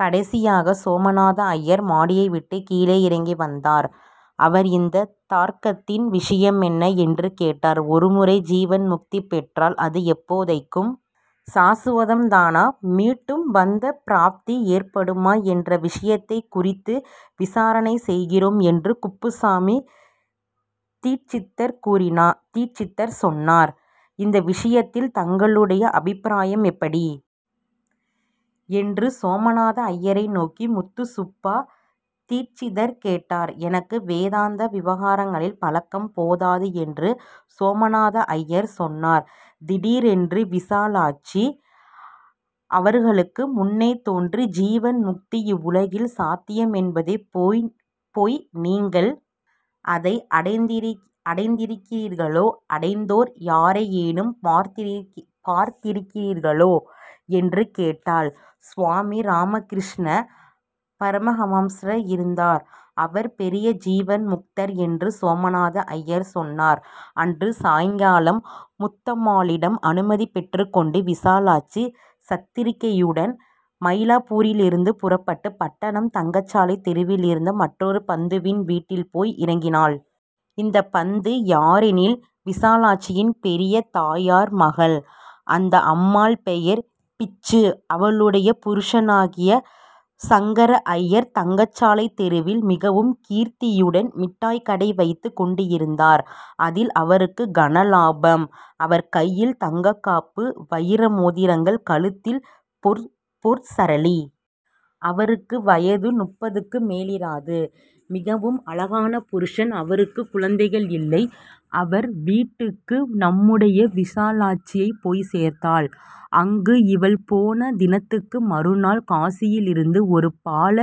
கடைசியாக சோமநாதய்யர் மாடியை விட்டுக் கீழேயிறங்கி வந்தார் அவர் இந்த தார்க்கத்தின் விஷயமென்ன? என்று கேட்டார் ஒருமுறை ஜீவன் முக்தி பெற்றால் அது எப்போதைக்கும் சாசுவதம்தானா? மீட்டும் பந்தப் ப்ராப்தி ஏற்படுமா என்ற விஷயத்தைக் குறித்து விசாரணை செய்கிறோம் என்று குப்புசாமி தீட்சிதர் சொன்னார். இந்த விஷயத்தில் தங்களுடைய அபிப்ராயமெப்படி? என்று சோமநாதய்யரை நோக்கி முத்துசுப்பா தீட்சிதர் கேட்டார் எனக்கு வேதாந்த விவகாரங்களில் பழக்கம் போதாது என்று சோமநாதய்யர் சொன்னார். திடீரென்று விசாலாட்சி அவர்களுக்கு முன்னே தோன்றி ஜீவன்முக்தி இவ்வுலகில் சாத்தியமென்பதே பொய் நீங்கள் அதையடைந்திருக்கிறீர்களோ? அடைந்தோர் யாரையேனும் பார்த்திருக்கிறீர்களோ? என்று கேட்டாள். சுவாமி ராமகிருஷ்ண பரமஹம்ஸர் இருந்தார் அவர் பெரிய ஜீவன்முக்தர் என்று சோமநாதய்யர் சொன்னார் அன்று சாயங்காலம் முத்தம்மாளிடம் அனுமதிபெற்றுக் கொண்டு விசாலாட்சி சந்திரிகையுடன் மயிலாப்பூரிலிருந்து புறப்பட்டுப் பட்டணம் தங்கசாலைத் தெருவிலிருந்த மற்றொரு பந்துவின் வீட்டில் போய் இறங்கினாள். இந்த பந்து யாரெனில் விசாலாட்சியின் பெரிய தாயார் மகள். அந்த அம்மாள் பெயர் பிச்சு. அவளுடைய புருஷனாகிய சங்கரய்யர் தங்கசாலைத் தெருவில் மிகவும் கீர்த்தியுடன் மிட்டாய்க் கடை வைத்துக் கொண்டிருந்தார். அதில் அவருக்குக் கன லாபம். அவர் கையில் தங்கக் காப்பு; வயிர மோதிரங்கள்; கழுத்தில் பொற்சரளி. அவருக்கு வயது முப்பதுக்கு மேலிராது, மிகவும் அழகான புருஷன். அவருக்குக் குழந்தைகள் இல்லை. அவர் வீட்டுக்கு நம்முடைய விசாலாட்சி போய்ச் சேர்ந்தாள். அங்கு இவள் போன தினத்துக்கு மறுநாள் காசியிலிருந்து ஒரு பால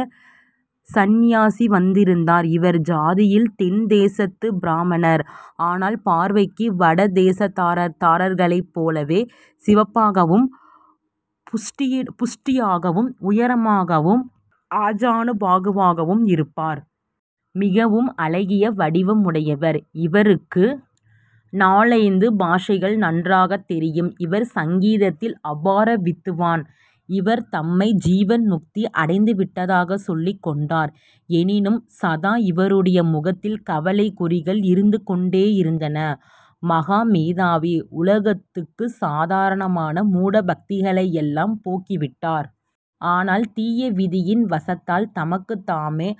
சந்நியாசி வந்திருந்தார். இவர் ஜாதியில் தென்தேசத்துப் பிராமணர். ஆனால் பார்வைக்கு வட தேசத்தார்களைப் போலவே சிவப்பாகவும் புஷ்டியாகவும் உயரமாகவும் ஆஜானுபாகுவாகவும் இருப்பார். மிகவும் அழகிய வடிவமுடையவர். இவருக்கு நாலைந்து பாஷைகள் நன்றாகத் தெரியும். இவர் சங்கீதத்தில் அபார வித்வான் இவர் தம்மை ஜீவன் முக்தி அடைந்துவிட்டதாகச் சொல்லிக் கொண்டார். எனினும், சதா இவருடைய முகத்தில் கவலைக் குறிகள் இருந்து கொண்டேயிருந்தன. மகா மேதாவி. உலகத்து சாதாரண மூடபக்திகளையெல்லாம் போக்கிவிட்டார். ஆனால், திய விதியின் வசத்தால் தமக்குத் தாமே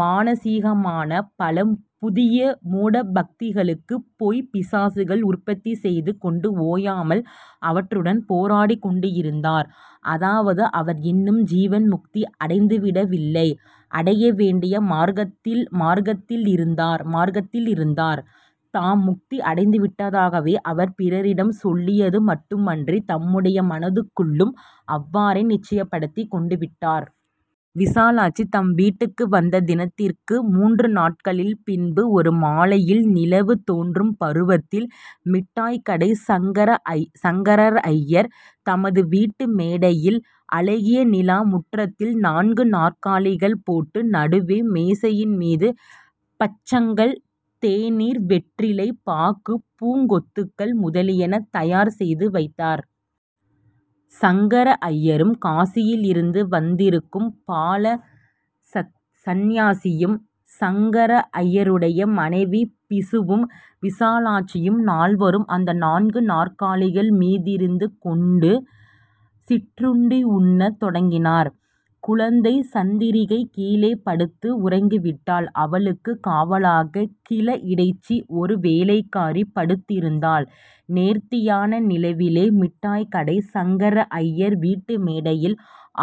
மானசீகமான பல புதிய மூட பக்திகளும் பொய்ப் பிசாசுகளும் உற்பத்தி செய்து கொண்டு ஓயாமல் அவற்றுடன் போராடிக் கொண்டிருந்தார். அதாவது அவர் இன்னும் ஜீவன் முக்தி அடைந்துவிடவில்லை. அடைய வேண்டிய மார்க்கத்திலிருந்தார். தாம் முக்தி அடைந்துவிட்டதாகவே அவர் பிறரிடம் சொல்லியது மட்டுமன்றித் தம்முடைய மனத்துக்குள்ளும் அவ்வாறே நிச்சயப்படுத்திக் கொண்டுவிட்டார். விசாலாட்சி தம் வீட்டுக்கு வந்த தினத்திற்கு மூன்று நாட்களின் பின்பு ஒரு மாலையில் நிலவு தோன்றும் பருவத்தில் மிட்டாய்கடை சங்கரய்யர் தமது வீட்டு மேடையில் அழகிய நிலா முற்றத்தில் நான்கு நாற்காலிகள் போட்டு நடுவே மேஜையின் மீது பட்சணங்கள் தேநீர் வெற்றிலை பாக்கு பூங்கொத்துக்கள் முதலியன தயார் செய்து வைத்தார். சங்கரய்யரும், காசியிலிருந்து வந்திருக்கும் பால சந்நியாசியும், சங்கரய்யருடைய மனைவி பிசுவும், விசாலாட்சியும் நால்வரும் அந்த நான்கு நாற்காலிகள் மீதிருந்து கொண்டு சிற்றுண்டியுண்ணத் தொடங்கினர். குழந்தை சந்திரிகை கீழே படுத்து உறங்கிவிட்டாள். அவளுக்குக் காவலாகக் கிழ இடைச்சி, ஒரு வேலைக்காரி, படுத்திருந்தாள். நேர்த்தியான நிலவிலே மிட்டாய்க்கடை சங்கரய்யர் வீட்டு மேடையில்,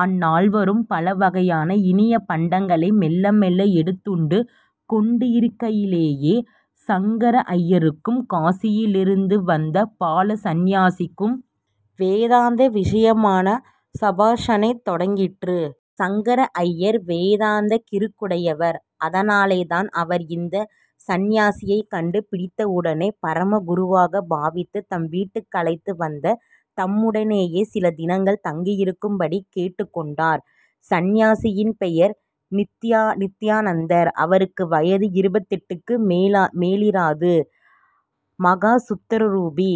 அந்நால்வரும் பல வகையான இனிய பண்டங்களை மெல்ல மெல்ல எடுத்துண்டு கொண்டிருக்கையிலே, சங்கரய்யருக்கும் காசியிலிருந்து வந்த பால சந்நியாசிக்கும் வேதாந்த விஷயமான சம்பாஷணை தொடங்கிற்று. சங்கரய்யர் வேதாந்தக் கிறுக்குடையவர். அதனாலேதான், அவர் இந்த சந்நியாசியைக் கண்டு பிடித்தவுடனே பரம குருவாக பாவித்துத் தம் வீட்டுக்கழைத்து வந்து தம்முடனேயே சில தினங்கள் தங்கியிருக்கும்படி கேட்டுக் கொண்டார். சந்நியாசியின் பெயர் நித்யானந்தர். அவருக்கு வயது இருபத்தெட்டுக்கு மேலிராது. மகா சுந்தரரூபி.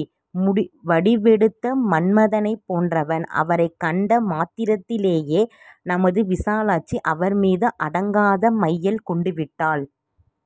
வடிவெடுத்த மன்மதனைப் போன்றவர். அவரைக் கண்ட மாத்திரத்திலேயே நமது விசாலாட்சி அவர்மீது அடங்காத மையல் கொண்டுவிட்டாள்.